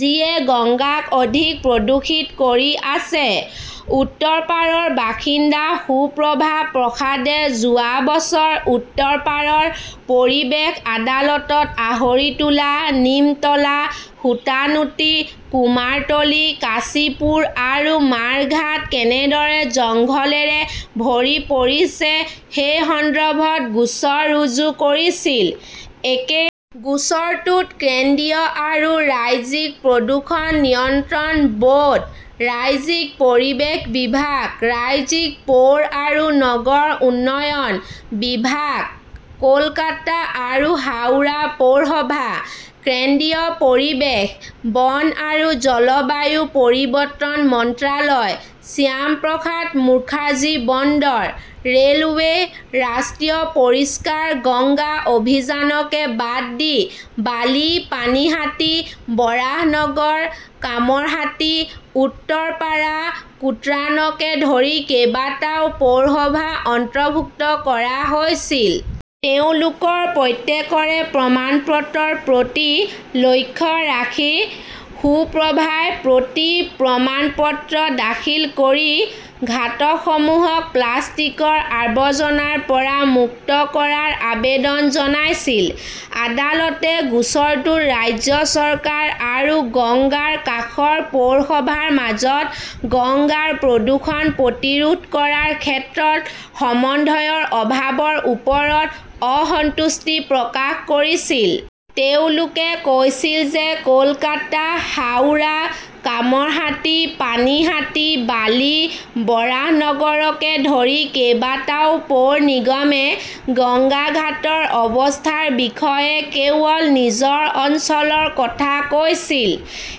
যিয়ে গংগাক অধিক প্ৰদূষিত কৰি আছে। উত্তৰপাৰাৰ বাসিন্দা সুপ্ৰভা প্ৰসাদে যোৱা বছৰ উত্তৰপাৰাৰ পৰিৱেশ আদালতত আহৰিতোলা, নিমতলা, সুতানুটি, কুমাৰতুলি, কাশীপুৰ আৰু মাৰ ঘাট কেনেদৰে জংঘলেৰে ভৰি পৰিছে সেই সন্দৰ্ভত গোচৰ ৰুজু কৰিছিল। একে গোচৰটোত কেন্দ্ৰীয় আৰু ৰাজ্যিক প্ৰদূষণ নিয়ন্ত্ৰণ ব'ৰ্ড, ৰাজ্যিক পৰিৱেশ বিভাগ, ৰাজ্যিক পৌৰ আৰু নগৰ উন্নয়ন বিভাগ, কলকাতা আৰু হাওৰা পৌৰসভা, কেন্দ্ৰীয় পৰিৱেশ, বন আৰু জলবায়ু পৰিৱৰ্তন মন্ত্ৰালয়, শ্যামপ্ৰসাদ মুখাৰ্জী বন্দৰ, ৰে'লৱে, ৰাষ্ট্ৰীয় পৰিষ্কাৰ গংগা অভিযানকে বাদ দি বালি, পানীহাটি, বৰাহনগৰ, কামৰহাটি, উত্তৰপাৰা-কোট্ৰানকে ধৰি কেইবাটাও পৌৰসভা অন্তৰ্ভুক্ত কৰা হৈছিল। তেওঁলোকৰ প্ৰত্যেকৰে প্ৰমাণপত্ৰৰ প্ৰতি লক্ষ্য ৰাখি সুপ্ৰভাই প্ৰতি-প্ৰমাণপত্ৰ দাখিল কৰি ঘাটসমূহক প্লাষ্টিকৰ আৱৰ্জনাৰ পৰা মুক্ত কৰাৰ আবেদন জনাইছিল। আদালতে গোচৰটোত ৰাজ্য চৰকাৰ আৰু গংগাৰ কাষৰ পৌৰসভাৰ মাজত গংগাৰ প্ৰদূষণ প্ৰতিৰোধ কৰাৰ ক্ষেত্ৰত সমন্বয়ৰ অভাৱৰ ওপৰত "অসন্তুষ্টি" প্ৰকাশ কৰিছিল। তেওঁলোকে কৈছিল যে কলকাতা, হাওৰা, কামৰহাটি, পানীহাটি, বালি, বৰাহনগৰকে ধৰি কেইবাটাও পৌৰ নিগমে গংগা ঘাটৰ অৱস্থাৰ বিষয়ে কেৱল নিজৰ অঞ্চলৰ কথা কৈছিল।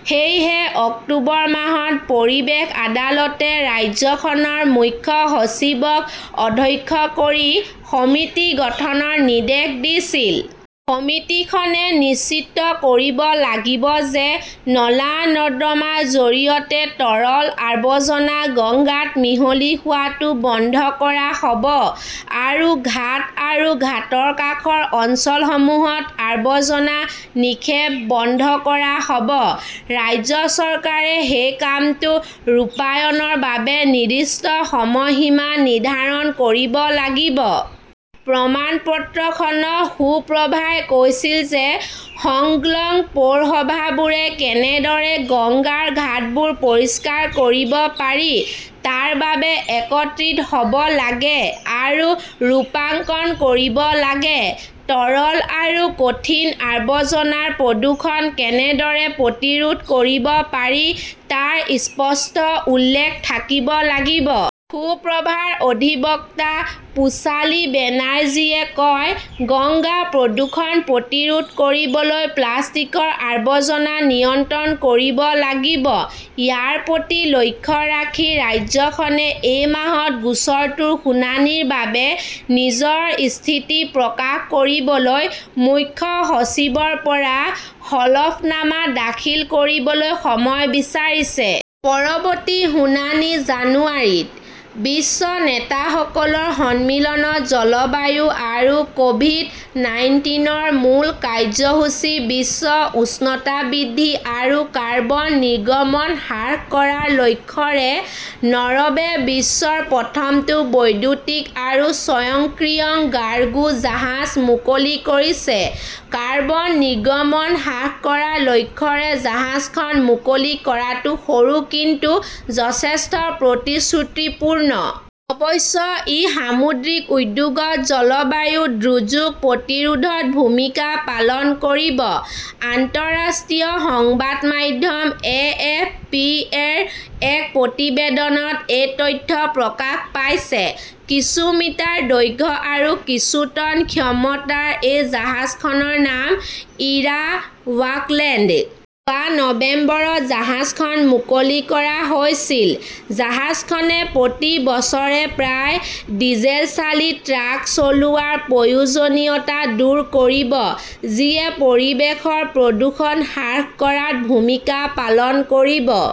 সেয়েহে অক্টোবৰ মাহত পৰিৱেশ আদালতে ৰাজ্যখনৰ মুখ্য সচিবক অধ্যক্ষ কৰি সমিতি গঠনৰ নিৰ্দেশ দিছিল। সমিতিখনে নিশ্চিত কৰিব লাগিব যে নলা-নৰ্দমাৰ জৰিয়তে তৰল আৱৰ্জনা গংগাত মিহলি হোৱাটো বন্ধ কৰা হ'ব আৰু ঘাট আৰু ঘাটৰ কাষৰ অঞ্চলসমূহত আৱৰ্জনা নিক্ষেপ বন্ধ কৰা হ'ব। ৰাজ্য চৰকাৰে সেই কামটো ৰূপায়ণৰ বাবে নিৰ্দিষ্ট সময়সীমা নিৰ্ধাৰণ কৰিব লাগিব। প্ৰমাণপত্ৰখনত সুপ্ৰভাই কৈছিল যে সংলগ্ন পৌৰসভাবোৰে কেনেদৰে গংগাৰ ঘাটবোৰ পৰিষ্কাৰ কৰিব পাৰি তাৰ বাবে একত্ৰিত হ'ব লাগে আৰু ৰূপাঙ্কণ কৰিব লাগে। তৰল আৰু কঠিন আৱৰ্জনাৰ প্ৰদূষণ কেনেদৰে প্ৰতিৰোধ কৰিব পাৰি তাৰ স্পষ্ট উল্লেখ থাকিব লাগিব। সুপ্ৰভাৰ অধিবক্তা পোচালী বেনাৰ্জীয়ে কয়, "গংগা প্ৰদূষণ প্ৰতিৰোধ কৰিবলৈ প্লাষ্টিকৰ আৱৰ্জনা নিয়ন্ত্ৰণ কৰিব লাগিব।" ইয়াৰ প্ৰতি লক্ষ্য ৰাখি ৰাজ্যখনে এই মাহত গোচৰটোৰ শুনানিৰ বাবে নিজৰ স্থিতি প্ৰকাশ কৰিবলৈ মুখ্য সচিবৰ পৰা হলফনামা দাখিল কৰিবলৈ সময় বিচাৰিছে। পৰৱৰ্তী শুনানি জানুৱাৰীত। বিশ্ব নেতাসকলৰ সন্মিলনত জলবায়ু আৰু ক'ভিড-নাইনটিনৰ মূল কাৰ্যসূচী বিশ্ব উষ্ণতা বৃদ্ধি আৰু কাৰ্বন নিৰ্গমন হ্ৰাস কৰাৰ লক্ষ্যৰে নৰৱে বিশ্বৰ প্ৰথমটো বৈদ্যুতিক আৰু স্বয়ংক্ৰিয় কাৰ্গো জাহাজ মুকলি কৰিছে। কাৰ্বন নিৰ্গমন হ্ৰাস কৰাৰ লক্ষ্যৰে জাহাজখন মুকলি কৰাটো সৰু কিন্তু যথেষ্ট প্ৰতিশ্ৰুতিপূৰ্ণ। অৱশ্যে, ই সামুদ্ৰিক উদ্যোগত জলবায়ু দুৰ্যোগ প্ৰতিৰোধত ভূমিকা পালন কৰিব। আন্তঃৰাষ্ট্ৰীয় সংবাদ মাধ্যম এ. এফ. পি.-ৰ এক প্ৰতিবেদনত এই তথ্য প্ৰকাশ পাইছে। কিছু মিটাৰ দৈৰ্ঘ্য আৰু কিছু টন ক্ষমতাৰ এই জাহাজখনৰ নাম ইয়ৰা বাৰ্কলেণ্ড। যোৱা নৱেম্বৰত জাহাজখন মুকলি কৰা হৈছিল। জাহাজখনে প্ৰতি বছৰে প্ৰায় ডিজেলচালিত ট্ৰাক চলোৱাৰ প্ৰয়োজনীয়তা দূৰ কৰিব, যিয়ে পৰিৱেশৰ প্ৰদূষণ হ্ৰাস কৰাত ভূমিকা পালন কৰিব।